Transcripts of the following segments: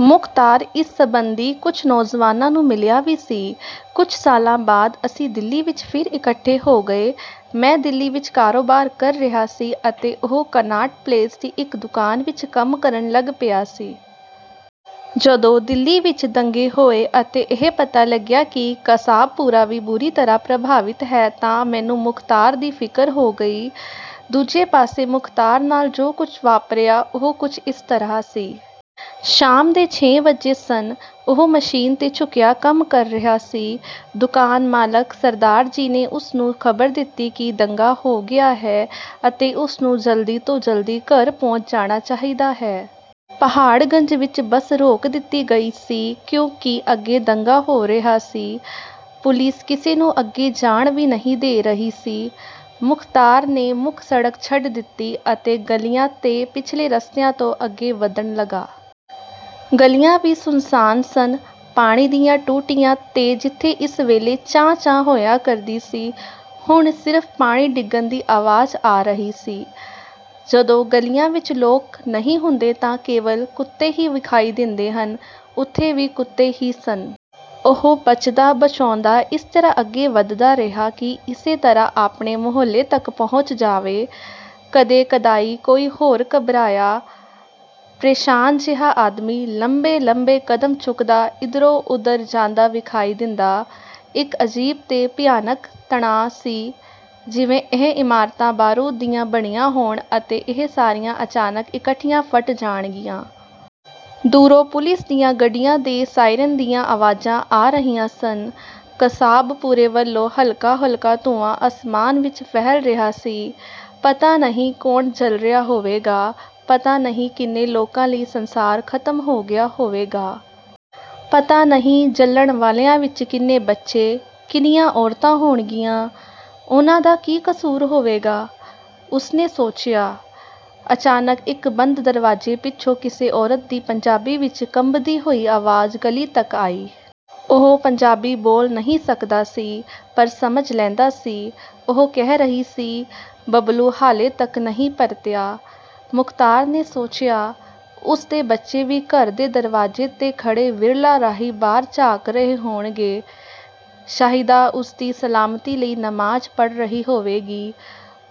ਮੁਖ਼ਤਾਰ ਇਸ ਸਬੰਧੀ ਕੁਝ ਨੌਜਵਾਨਾਂ ਨੂੰ ਮਿਲਿਆ ਵੀ ਸੀ। ਕੁਝ ਸਾਲਾਂ ਬਾਅਦ ਅਸੀਂ ਦਿੱਲੀ ਵਿੱਚ ਫਿਰ ਇਕੱਠੇ ਹੋ ਗਏ। ਮੈਂ ਦਿੱਲੀ ਵਿੱਚ ਕਾਰੋਬਾਰ ਕਰ ਰਿਹਾ ਸੀ ਅਤੇ ਉਹ ਕਨਾਟ ਪਲੇਸ ਦੀ ਇੱਕ ਦੁਕਾਨ ਵਿੱਚ ਕੰਮ ਕਰਨ ਲੱਗ ਪਿਆ ਸੀ। ਜਦੋਂ ਦਿੱਲੀ ਵਿੱਚ ਦੰਗੇ ਹੋਏ ਅਤੇ ਇਹ ਪਤਾ ਲੱਗਿਆ ਕਿ ਕਸਾਬਪੁਰਾ ਵੀ ਬੁਰੀ ਤਰ੍ਹਾਂ ਪ੍ਰਭਾਵਿਤ ਹੈ ਤਾਂ ਮੈਨੂੰ ਮੁਖ਼ਤਾਰ ਦੀ ਫ਼ਿਕਰ ਹੋ ਗਈ। ਦੂਜੇ ਪਾਸੇ ਮੁਖ਼ਤਾਰ ਨਾਲ ਜੋ ਕੁਝ ਵਾਪਰਿਆ, ਉਹ ਕੁਝ ਇਸ ਤਰ੍ਹਾਂ ਸੀ। ਸ਼ਾਮ ਦੇ ਛੇ ਵੱਜੇ ਸਨ। ਉਹ ਮਸ਼ੀਨ 'ਤੇ ਝੁਕਿਆ ਕੰਮ ਕਰ ਰਿਹਾ ਸੀ। ਦੁਕਾਨ ਮਾਲਕ ਸਰਦਾਰ ਜੀ ਨੇ ਉਸ ਨੂੰ ਖ਼ਬਰ ਦਿੱਤੀ ਕਿ ਦੰਗਾ ਹੋ ਗਿਆ ਹੈ ਅਤੇ ਉਸ ਨੂੰ ਜਲਦੀ ਤੋਂ ਜਲਦੀ ਘਰ ਪਹੁੰਚ ਜਾਣਾ ਚਾਹੀਦਾ ਹੈ। ਪਹਾੜਗੰਜ ਵਿੱਚ ਬੱਸ ਰੋਕ ਦਿੱਤੀ ਗਈ ਸੀ ਕਿਉਂਕਿ ਅੱਗੇ ਦੰਗਾ ਹੋ ਰਿਹਾ ਸੀ। ਪੁਲਿਸ ਕਿਸੇ ਨੂੰ ਅੱਗੇ ਜਾਣ ਵੀ ਨਹੀਂ ਦੇ ਰਹੀ ਸੀ। ਮੁਖ਼ਤਾਰ ਨੇ ਮੁੱਖ ਸੜਕ ਛੱਡ ਦਿੱਤੀ ਅਤੇ ਗਲੀਆਂ ਤੇ ਪਿਛਲੇ ਰਸਤਿਆਂ ਤੋਂ ਅੱਗੇ ਵਧਣ ਲੱਗਾ। ਗਲੀਆਂ ਵੀ ਸੁੰਨਸਾਨ ਸਨ। ਪਾਣੀ ਦੀਆਂ ਟੂਟੀਆਂ 'ਤੇ, ਜਿੱਥੇ ਇਸ ਵੇਲੇ ਚਾਂ-ਚਾਂ ਹੋਇਆ ਕਰਦੀ ਸੀ, ਹੁਣ ਸਿਰਫ਼ ਪਾਣੀ ਡਿੱਗਣ ਦੀ ਆਵਾਜ਼ ਆ ਰਹੀ ਸੀ। ਜਦੋਂ ਗਲੀਆਂ ਵਿੱਚ ਲੋਕ ਨਹੀਂ ਹੁੰਦੇ ਤਾਂ ਕੇਵਲ ਕੁੱਤੇ ਹੀ ਵਿਖਾਈ ਦਿੰਦੇ ਹਨ, ਉੱਥੇ ਵੀ ਕੁੱਤੇ ਹੀ ਸਨ। ਉਹ ਬਚਦਾ-ਬਚਾਉਂਦਾ ਇਸ ਤਰ੍ਹਾਂ ਅੱਗੇ ਵਧਦਾ ਰਿਹਾ ਕਿ ਕਿਸੇ ਤਰ੍ਹਾਂ ਆਪਣੇ ਮੁਹੱਲੇ ਤੱਕ ਪਹੁੰਚ ਜਾਵੇ। ਕਦੇ-ਕਦਾਈਂ ਕੋਈ ਹੋਰ ਘਬਰਾਇਆ, ਪ੍ਰੇਸ਼ਾਨ ਜਿਹਾ ਆਦਮੀ ਲੰਬੇ-ਲੰਬੇ ਕਦਮ ਚੁੱਕਦਾ ਇੱਧਰੋਂ-ਉੱਧਰ ਜਾਂਦਾ ਵਿਖਾਈ ਦਿੰਦਾ। ਇੱਕ ਅਜੀਬ ਤੇ ਭਿਆਨਕ ਤਣਾਅ ਸੀ, ਜਿਵੇਂ ਇਹ ਇਮਾਰਤਾਂ ਬਾਰੂਦ ਦੀਆਂ ਬਣੀਆਂ ਹੋਣ ਅਤੇ ਇਹ ਸਾਰੀਆਂ ਅਚਾਨਕ ਇਕੱਠੀਆਂ ਫਟ ਜਾਣਗੀਆਂ। ਦੂਰੋਂ ਪੁਲਿਸ ਦੀਆਂ ਗੱਡੀਆਂ ਦੇ ਸਾਇਰਨ ਦੀਆਂ ਆਵਾਜ਼ਾਂ ਆ ਰਹੀਆਂ ਸਨ। ਕਸਾਬਪੁਰੇ ਵੱਲੋਂ ਹਲਕਾ-ਹਲਕਾ ਧੂੰਆਂ ਅਸਮਾਨ ਵਿੱਚ ਫੈਲ ਰਿਹਾ ਸੀ। 'ਪਤਾ ਨਹੀਂ ਕੌਣ ਜਲ ਰਿਹਾ ਹੋਵੇਗਾ, ਪਤਾ ਨਹੀਂ ਕਿੰਨੇ ਲੋਕਾਂ ਲਈ ਸੰਸਾਰ ਖ਼ਤਮ ਹੋ ਗਿਆ ਹੋਵੇਗਾ! ਪਤਾ ਨਹੀਂ ਜਲਣ ਵਾਲਿਆਂ ਵਿੱਚ ਕਿੰਨੇ ਬੱਚੇ, ਕਿੰਨੀਆਂ ਔਰਤਾਂ ਹੋਣਗੀਆਂ! ਉਹਨਾਂ ਦਾ ਕੀ ਕਸੂਰ ਹੋਵੇਗਾ?' ਉਸ ਨੇ ਸੋਚਿਆ। ਅਚਾਨਕ ਇੱਕ ਬੰਦ ਦਰਵਾਜ਼ੇ ਪਿੱਛੋਂ ਕਿਸੇ ਔਰਤ ਦੀ ਪੰਜਾਬੀ ਵਿੱਚ ਕੰਬਦੀ ਹੋਈ ਆਵਾਜ਼ ਗਲੀ ਤੱਕ ਆਈ। ਉਹ ਪੰਜਾਬੀ ਬੋਲ ਨਹੀਂ ਸਕਦਾ ਸੀ, ਪਰ ਸਮਝ ਲੈਂਦਾ ਸੀ। ਉਹ ਕਹਿ ਰਹੀ ਸੀ, "ਬਬਲੂ ਹਾਲੇ ਤੱਕ ਨਹੀਂ ਪਰਤਿਆ।" ਮੁਖ਼ਤਾਰ ਨੇ ਸੋਚਿਆ, ਉਸ ਦੇ ਬੱਚੇ ਵੀ ਘਰ ਦੇ ਦਰਵਾਜ਼ੇ 'ਤੇ ਖੜ੍ਹੇ ਵਿਰਲਾਂ ਰਾਹੀਂ ਬਾਹਰ ਝਾਕ ਰਹੇ ਹੋਣਗੇ, ਸ਼ਾਹਿਦਾ ਉਸ ਦੀ ਸਲਾਮਤੀ ਲਈ ਨਮਾਜ਼ ਪੜ੍ਹ ਰਹੀ ਹੋਵੇਗੀ,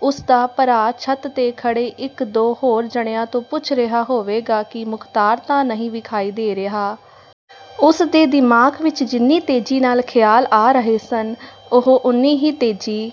ਉਸ ਦਾ ਭਰਾ ਛੱਤ 'ਤੇ ਖੜ੍ਹੇ ਇੱਕ-ਦੋ ਹੋਰ ਜਣਿਆਂ ਤੋਂ ਪੁੱਛ ਰਿਹਾ ਹੋਵੇਗਾ ਕਿ ਮੁਖ਼ਤਾਰ ਤਾਂ ਨਹੀਂ ਵਿਖਾਈ ਦੇ ਰਿਹਾ। ਉਸ ਦੇ ਦਿਮਾਗ਼ ਵਿੱਚ ਜਿੰਨੀ ਤੇਜ਼ੀ ਨਾਲ ਖ਼ਿਆਲ ਆ ਰਹੇ ਸਨ, ਉਹ ਉੰਨੀ ਹੀ ਤੇਜ਼ੀ